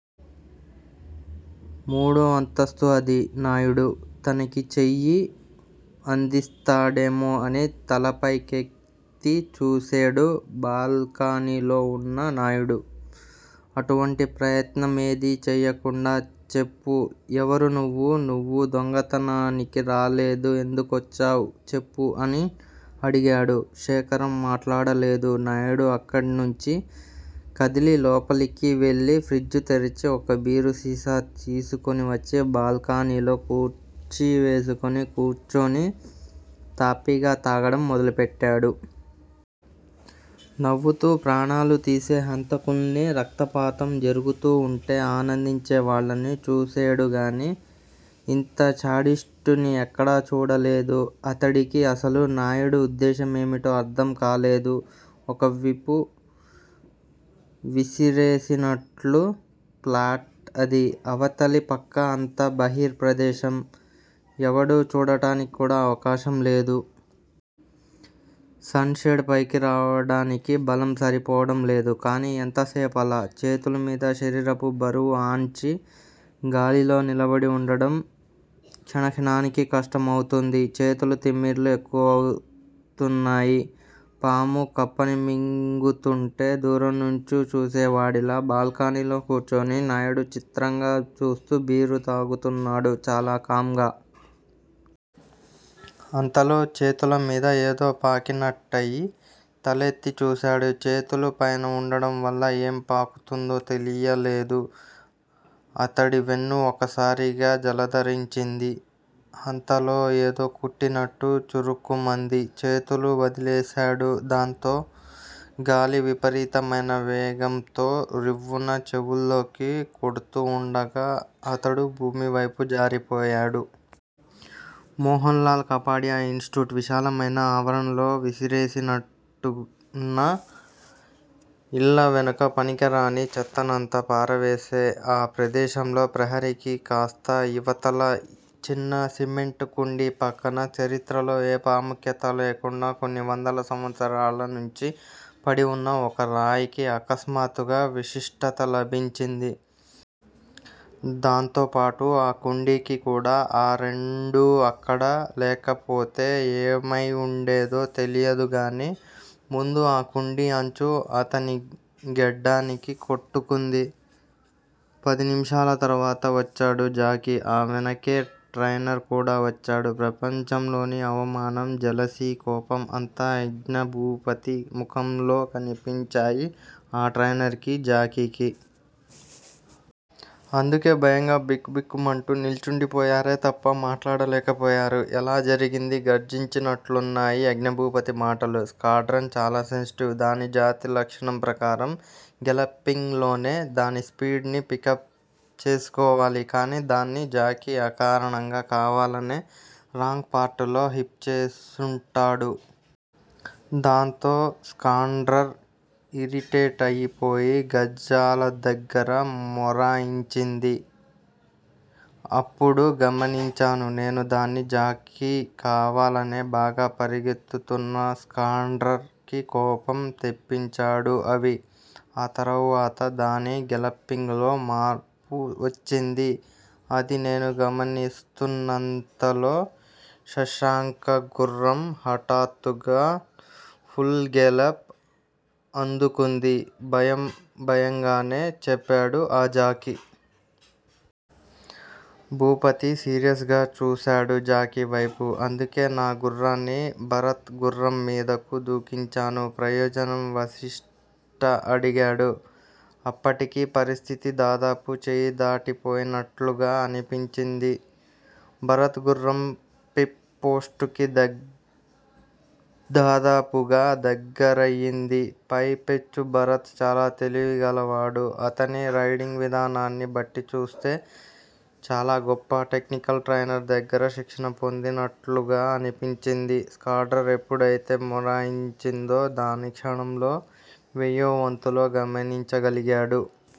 మూడో అంతస్తు అది. నాయుడు తనకి చెయ్యి అందిస్తాడేమో అని తలపైకెత్తి చూసేడు. బాల్కనీలో వున్న నాయుడు అటువంటి ప్రయత్నమేదీ చెయ్యకుండా చెప్పు, ఎవరు నువ్వు? నువ్వు దొంగతనానికి రాలేదు. ఎందుకొచ్చావ్? చెప్పు అని అడిగాడు. శేఖరం మట్లాడలేదు. నాయుడు అక్కణ్నించి కదిలి లోపలికి వెళ్ళి ఫ్రిజ్ తెరిచి ఒక బీరుసీసా తీసుకోని వచ్చి బాల్కనీలో కుర్చీ వేసుకొని కూర్చోని తాపీగా తాగటం మొదలుపెట్టాడు. నవ్వుతూ ప్రాణాలుతీసే హంతకుల్నీ, రక్తపాతం జరుగుతూ వుంటే ఆనందించే వాళ్ళనీ చూసేడు గానీ ఇంత శాడిస్టుని ఎక్కడా చూడలేదు. అతడికి అసలు నాయుడు ఉద్దేశ్యం ఏమిటో అర్థం కాలేదు. ఒకవిపు విసిరేసినట్లు ప్లాట్ అది. అవతలి ప్రక్క అంతా బహిర్ ప్రదేశం. ఎవడూ చూడటానికి కూడా అవకాశం లేదు. సన్- షేడ్ పైకి రావటానికి బలం సరిపోవటం లేదు. కానీ ఎంతసేపలా? చేతులమీద శరీరపు బరువు ఆన్చి, గాలిలో నిలబడి వుండడం క్షణక్షణానికి కష్టం అవుతూంది. చేతులు తిమ్మిర్లు ఎక్కుతున్నాయి. పాము కప్పని మింగుతూంటే దూరం నుంచి చూసేవాడిలా బాల్కనీలో కూర్చోని నాయుడు చిత్రంగా చూస్తూ బీరు తాగుతున్నాడు- చాలా కామ్ గా. అంతలో చేతులమీద ఏదో పాకినట్టయి తలెత్తి చూశాడు. చేతులు పైన వుండటం వల్ల ఏం పాకుతుందో తెలియలేదు. అతడి వెన్ను ఒక్కసారిగా జలదరించింది. అంతలో ఏదో కుట్టినట్టు చురుక్కుమంది. చేతులు వదిలేసాడు. దాంతో గాలి విపరీతమైన వేగంతో రివ్వున చెవుల్లోకి కొడ్తూవుండగా అతడు భూమివైపు జారిపోయాడు. మోహన్ లాల్ కపాడియా ఇన్ స్టిట్యూట్ విశాలమైన ఆవరణలో విసిరేసినట్టున్న ఇళ్ళ వెనక పనికిరాని చెత్తనంతా పారవేసే ఆ ప్రదేశంలో ప్రహరీకి కాస్త ఇవతల చిన్న సిమెంట్ కుండీపక్కన, చరిత్రలో ఏ ప్రాముఖ్యత లేకుండా కొన్ని వందల సంవత్సరాలనుంచీ పడివున్న ఒక రాయికి అకస్మాత్తుగా విశిష్టత లభించింది. దాంతోపాటూ అ కుండీకి కూడా. ఆ రెండూ అక్కడ లేకపోతే ఏమై వుండేదో తెలీదుగానీ, ముందు ఆ కుండీ అంచు అతని గెడ్డానికి కొట్టుకుంది. పది నిమిషాల తరువాత వచ్చాడు జాకీ. ఆ వెనకే ట్రైనర్ కూడా వచ్చాడు. ప్రపంచంలోని అవమానం, జెలసీ, కోపం అంతా యజ్ఞభూపతి ముఖంలో కనిపించాయి ఆ ట్రైనర్ కి, జాకీకి. అందుకే భయంగా బిక్కుబిక్కుమంటూ నిల్చుండిపోయారే తప్ప మాట్లాడలేకపోయారు. ఎలా జరిగింది? గర్జించినట్లున్నాయి యజ్ఞభూపతి మాటలు. స్కాండ్రర్ చాల సెన్సిటివ్. దాని జాతిలక్షణం ప్రకారం గెలప్పింగ్ లోనే దాని స్పీడ్ ని పికప్ చేసుకోవాలి. కాని దాన్ని జాకీ అకారణంగా కావాలనే రాంగ్ పార్టులో హిప్ చేసుంటాడు. దాంతో స్కాండ్రర్ ఇరిటేట్ అయిపోయి గజాల దగ్గర మొరాయించింది. అప్పుడు గమనించాను నేను-దాన్ని జాకీ కావాలనే బాగా పరిగెత్తుతున్న స్కాండ్రర్ కి కోపం తెప్పించాడు అవి, ఆ తరువాత దాని గేలప్పింగ్ లో మార్పు వచ్చింది. అది నేను గమనిస్తున్నంతలో శశాంక గుర్రం హఠాత్తుగా పుల్ గేలప్ అందుకుంది భయం భయంగానే చెప్పాడు ఆ జాకీ. భూపతి సీరియస్ గా చూసాడు జాకీవేపు. అందుకే నా గుర్రాన్ని భరత్ గుర్రం మీదకు దూకించాను. ప్రయోజనం వశిష్ట అడిగాడు. అప్పటికి పరిస్థితి దాదాపు చేయిదాటిపోయినట్లుగా అనిపించింది. భరత్ గుర్రం పిప్ పోస్టుకి దాదాపుగా దగ్గరయింది. పై పెచ్చు భరత్ చాలా తెలివిగలవాడు. అతని రైడింగ్ విధానాన్ని బట్టిచూస్తే చాలా గొప్ప టెక్నికల్ ట్రైనర్ దగ్గర శిక్షణ పొందినట్లుగా అనిపించింది. స్కాండ్రర్ ఎప్పుడైతే మొరాయించిందో దాన్ని క్షణంలో వెయ్యోవంతులో గమనించ గలిగాడు.